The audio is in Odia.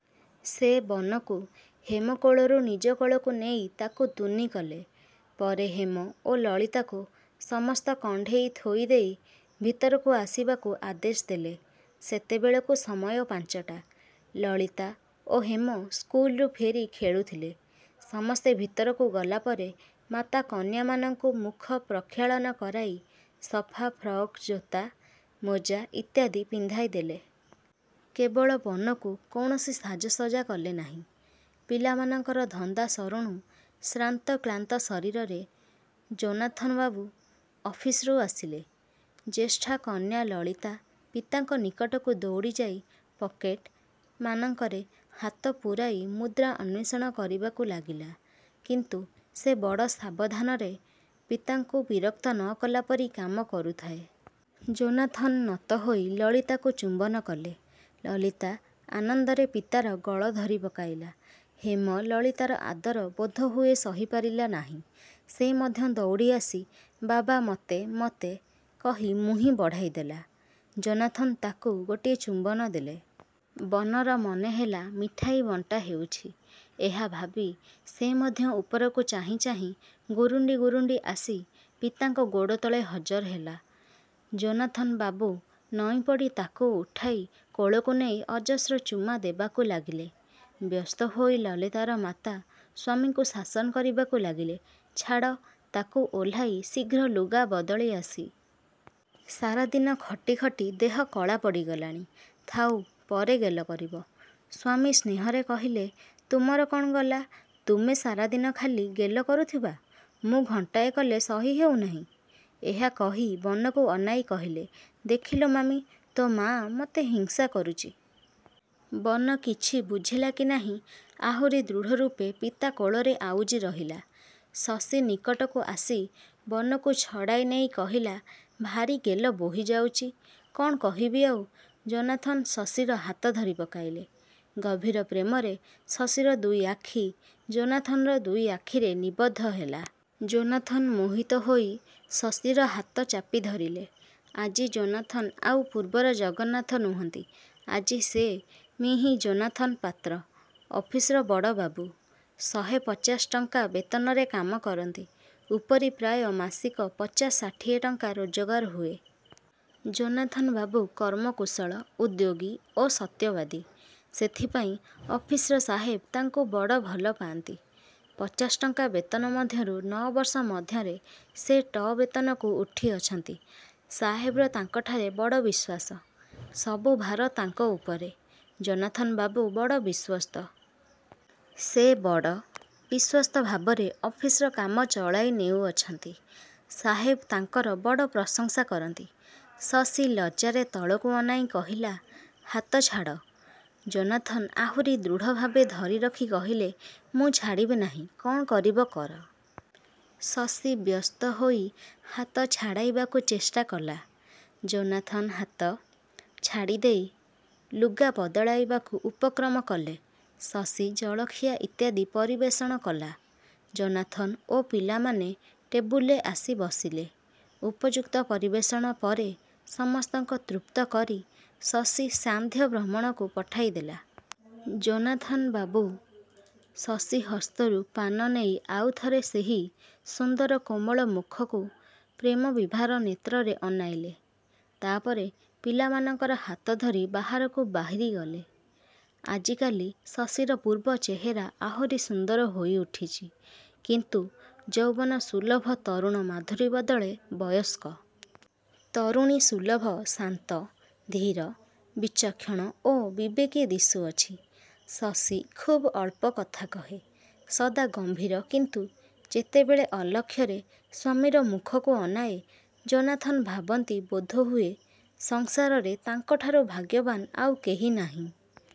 ସେ ବନକୁ ହେମ କୋଳରୁ ନିଜ କୋଳକୁ ନେଇ ତାକୁ ତୁନି କଲେ। ପରେ ହେମ ଓ ଲଳିତାକୁ ସମସ୍ତ କଣ୍ଢେଇ ଥୋଇ ଦେଇ ଭିତରକୁ ଆସିବାକୁ ଆଦେଶ ଦେଲେ। ସେତେବେଳକୁ ସମୟ ପାଞ୍ଚଟା। ଲଲିତା ଓ ହେମ ସ୍କୁଲରୁଫେରି ଖେଳୁଥିଲେ। ସମସ୍ତେ ଭିତରକୁ ଗଲାପରେ ମାତା କନ୍ୟାମାନଙ୍କୁ ମୁଖ ପ୍ରକ୍ଷାଳନ କରାଇ ସଫା ଫ୍ରକ୍ ଜୋତା, ମୋଜା ଇତ୍ୟାଦି ପିନ୍ଧାଇ ଦେଲେ। କେବଳ ବନକୁ କୌଣସି ସାଜସଜ୍ଜା କଲେ ନାହିଁ। ପିଲାମାନଙ୍କର ଧନ୍ଦା ସରୁଣୁ ଶ୍ରାନ୍ତକ୍ଳାନ୍ତ ଶରୀରରେ ଯୋନାଥନ୍ବାବୁ ଅଫିସରୁ ଆସିଲେ। ଜ୍ୟେଷ୍ଠାକନ୍ୟା ଲଳିତା ପିତାଙ୍କ ନିକଟକୁ ଦୌଡ଼ି ଯାଇ ପକେଟ୍ − ମାନଙ୍କରେ ହାତ ପୂରାଇ ମୁଦ୍ରା ଅନ୍ୱେଷଣ କରିବାକୁ ଲାଗିଲା। କିନ୍ତୁ ସେ ବଡ଼ ସାବଧାନରେ ପିତାଙ୍କୁ ବିରକ୍ତ ନକଲାପରି କାମ କରୁଥାଏ। ଯୋନାଥନ୍ ନତ ହୋଇ ଲଳିତାକୁ ଚୁମ୍ୱନ କଲେ। ଲଲିତା ଆନନ୍ଦରେ ପିତାର ଗଳ ଧରି ପକାଇଲା। ହେମ ଲଳିତାର ଆଦର ବୋଧ ହୁଏ ସହିପାରିଲା ନାହିଁ। ସେ ମଧ୍ୟ ଦୌଡ଼ି ଆସି "ବାବା ମୋତେ ମୋତେ" କହି ମୁହିଁ ବଢ଼ାଇ ଦେଲା। ଯୋନାଥନ୍ ତାକୁ ଗୋଟିଏ ଚୁମ୍ୱନ ଦେଲେ। ବନର ମନେ ହେଲା ମିଠାଇ ବଣ୍ଟା ହେଉଛି। ଏହା ଭାବି ସେ ମଧ୍ୟ ଉପରକୁ ଚାହିଁ ଚାହିଁ ଗୁରୁଣ୍ଡି ଗୁରୁଣ୍ଡି ଆସି ପିତାଙ୍କ ଗୋଡ଼ତଳେ ହଜର ହେଲା। ଯୋନାଥନ୍ ବାବୁ ନଇଁପଡ଼ି ତାକୁ ଉଠାଇ କୋଳକୁ ନେଇ ଅଜସ୍ର ଚୂମା ଦେବାକୁ ଲାଗିଲେ। ବ୍ୟସ୍ତ ହୋଇ ଲଲିତାର ମାତା ସ୍ୱାମୀଙ୍କୁ ଶାସନ କରିବାକୁ ଲାଗିଲେ "ଛାଡ଼, ତାକୁ ଓହ୍ଲାଇ ଶୀଘ୍ର ଲୁଗା ବଦଳିଆସି। ସାରାଦିନ ଖଟିଖଟି ଦେହ କଳା ପଡ଼ିଗଲାଣି। ଥାଉ, ପରେ ଗେଲ କରିବ। " ସ୍ୱାମୀ ସ୍ନେହରେ କହିଲେ "ତୁମର କ'ଣ ଗଲା? ତୁମେ ସାରାଦିନ ଖାଲି ଗେଲ କରୁଥିବା। ମୁଁ ଘଣ୍ଟାଏ କଲେ ସହି ହେଉ ନାହିଁ। " ଏହା କହି ବନକୁ ଅନାଇ କହିଲେ, "ଦେଖିଲୁ ମାମି, ତୋ ମା' ମୋତେ ହିଂସାକରୁଚି। " ବନ କିଛି ବୁଝିଲା କି ନାହିଁ ଆହୁରୀ ଦୃଢ଼ରୂପେ ପିତା କୋଳରେ ଆଉଜି ରହିଲା। ଶଶୀ ନିକଟକୁ ଆସି ବନକୁ ଛଡ଼େଇ ନେଇ କହିଲା "ଭାରି ଗେଲ ବୋହି ଯାଉଚି। କଣ କହିବି ଆଉ। " ଯୋନାଥନ୍ ଶଶୀର ହାତ ଧରି ପକାଇଲେ। ଗଭୀର ପ୍ରେମରେ ଶଶୀର ଦୁଇଆଖି ଯୋନାଥନ୍ର ଦୁଇ ଆଖିରେ ନିବଦ୍ଧ ହେଲା। ଯୋନାଥନ୍ ମୋହିତ ହୋଇ ଶଶୀର ହାତ ଚାପି ଧରିଲେ। ଆଜି ଯୋନାଥନ୍ ଆଉ ପୂର୍ବର ଜଗନ୍ନାଥ ନୁହଁନ୍ତି। ଆଜି ସେ ମିଃ ଯୋନାଥନ୍ ପାତ୍ର। ଅଫିସର ବଡ ବାବୁ। ଶହେ ପଚାଶ ଟଙ୍କା ବେତନରେ କାମ କରନ୍ତି। ଉପରି ପ୍ରାୟ ମାସିକ ପଚାଶ ଷାଠିଏ ଟଙ୍କା ରୋଜଗାର ହୁଏ। ଯୋନାଥନ୍ବାବୁ କର୍ମ କୁଶଳ, ଉଦ୍ଯୋଗୀ ଓ ସତ୍ୟବାଦୀ। ସେଥିପାଇଁ ଅଫିସ୍ର ସାହେବ ତାଙ୍କୁ ବଡ଼ ଭଲ ପାଆନ୍ତି। ପଚାଶ ଟଙ୍କା ବେତନ ମଧ୍ୟରୁ ନଅବର୍ଷ ମଧ୍ୟରେ ସେ ଟ ବେତନକୁ ଉଠିଅଛନ୍ତି। ସାହେବର ତାଙ୍କଠାରେ ବଡ଼ ବିଶ୍ୱାସ। ସବୁ ଭାର ତାଙ୍କ ଉପରେ-। ଯୋନାଥନ୍ ବାବୁ ବଡ଼ ବିଶ୍ୱସ୍ତ। ସେ ବଡ଼, ବିଶ୍ୱସ୍ତ ଭାବରେ ଅଫିସ୍ର କାମ ଚଳାଇ ନେଉଅଛନ୍ତି। ସାହେବ ତାଙ୍କର ବଡ଼ ପ୍ରଶଂସା କରନ୍ତି। ଶଶୀ ଲଜ୍ଜାରେ ତଳକୁ ଅନାଇଁ କହିଲା "ହାତ ଛାଡ଼। " ଯୋନାଥନ ଆହୁରି ଦୃଢ଼ଭାବେ ଧରି ରଖି କହିଲେ "ମୁଁ ଛାଡ଼ିବି ନାହିଁ। କଣ କରିବ କର। " ଶଶୀ ବ୍ୟସ୍ତ ହୋଇ ହାତ ଛାଡ଼ାଇବାକୁ ଚେଷ୍ଚା କଲା। ଯୋନାଥନ୍ ହାତ। ଛାଡିଦେଇ। ଲୁଗା ବଦଳାଇବାକୁ ଉପକ୍ରମ କଲେ। ଶଶୀ ଜଳଖିଆ ଇତ୍ୟାଦି ପରିବେଷଣକଲା। ଯୋନାଥନ୍ ଓ ପିଲାମାନେ ଟେବୁଲରେ ଆସି ବସିଲେ। ଉପଯୁକ୍ତ ପରିବେଷଣ ପରେ ସମସ୍ତଙ୍କ ତୃପ୍ତ କରି ଶଶୀ ସାନ୍ଧ୍ୟ ଭ୍ରମଣକୁ ପଠାଇଦେଲା। ଯୋନାଥନ୍ ବାବୁ ଶଶୀ ହସ୍ତରୁ ପାନ ନେଇ ଆଉ ଥରେ ସେହି ସୁନ୍ଦର କୋମଳ ମୁଖକୁ ପ୍ରେମବିଭାର ନେତ୍ରରେ ଅନାଇଲେ। ତାପରେ ପିଲାମାନଙ୍କର ହାତଧରି ବାହାରକୁ ବାହିରିଗଲେ। ଆଜିକାଲି ଶଶୀର ପୂର୍ବ ଚେହେରା ଆହୁରୀ ସୁନ୍ଦର ହୋଇ ଉଠିଛି। କିନ୍ତୁ ଯୌବନ ସୁଲଭ ତରୁଣ ମାଧୁରୀ ବଦଳେ ବୟସ୍କ। ତରୁଣୀ ସୁଲଭ ଶାନ୍ତ, ଧୀର, ବିଚକ୍ଷଣ ଓ ବିବେକୀ ଦିଶୁଅଛି। ଶଶୀ ଖୁବ୍ ଅଳ୍ପ କଥା କହେ। ସଦା ଗମ୍ଭୀର କିନ୍ତୁ ଯେତେବେଳେ ଅଲକ୍ଷରେ ସ୍ୱାମୀର ମୁଖକୁ ଅନାଏ, ଯୋନାଥନ୍ ଭାବନ୍ତି ବୋଧହୁଏ ସଂସାରରେ ତାଙ୍କଠାରୁ ଭାଗ୍ୟବାନ ଆଉ କେହି ନାହିଁ।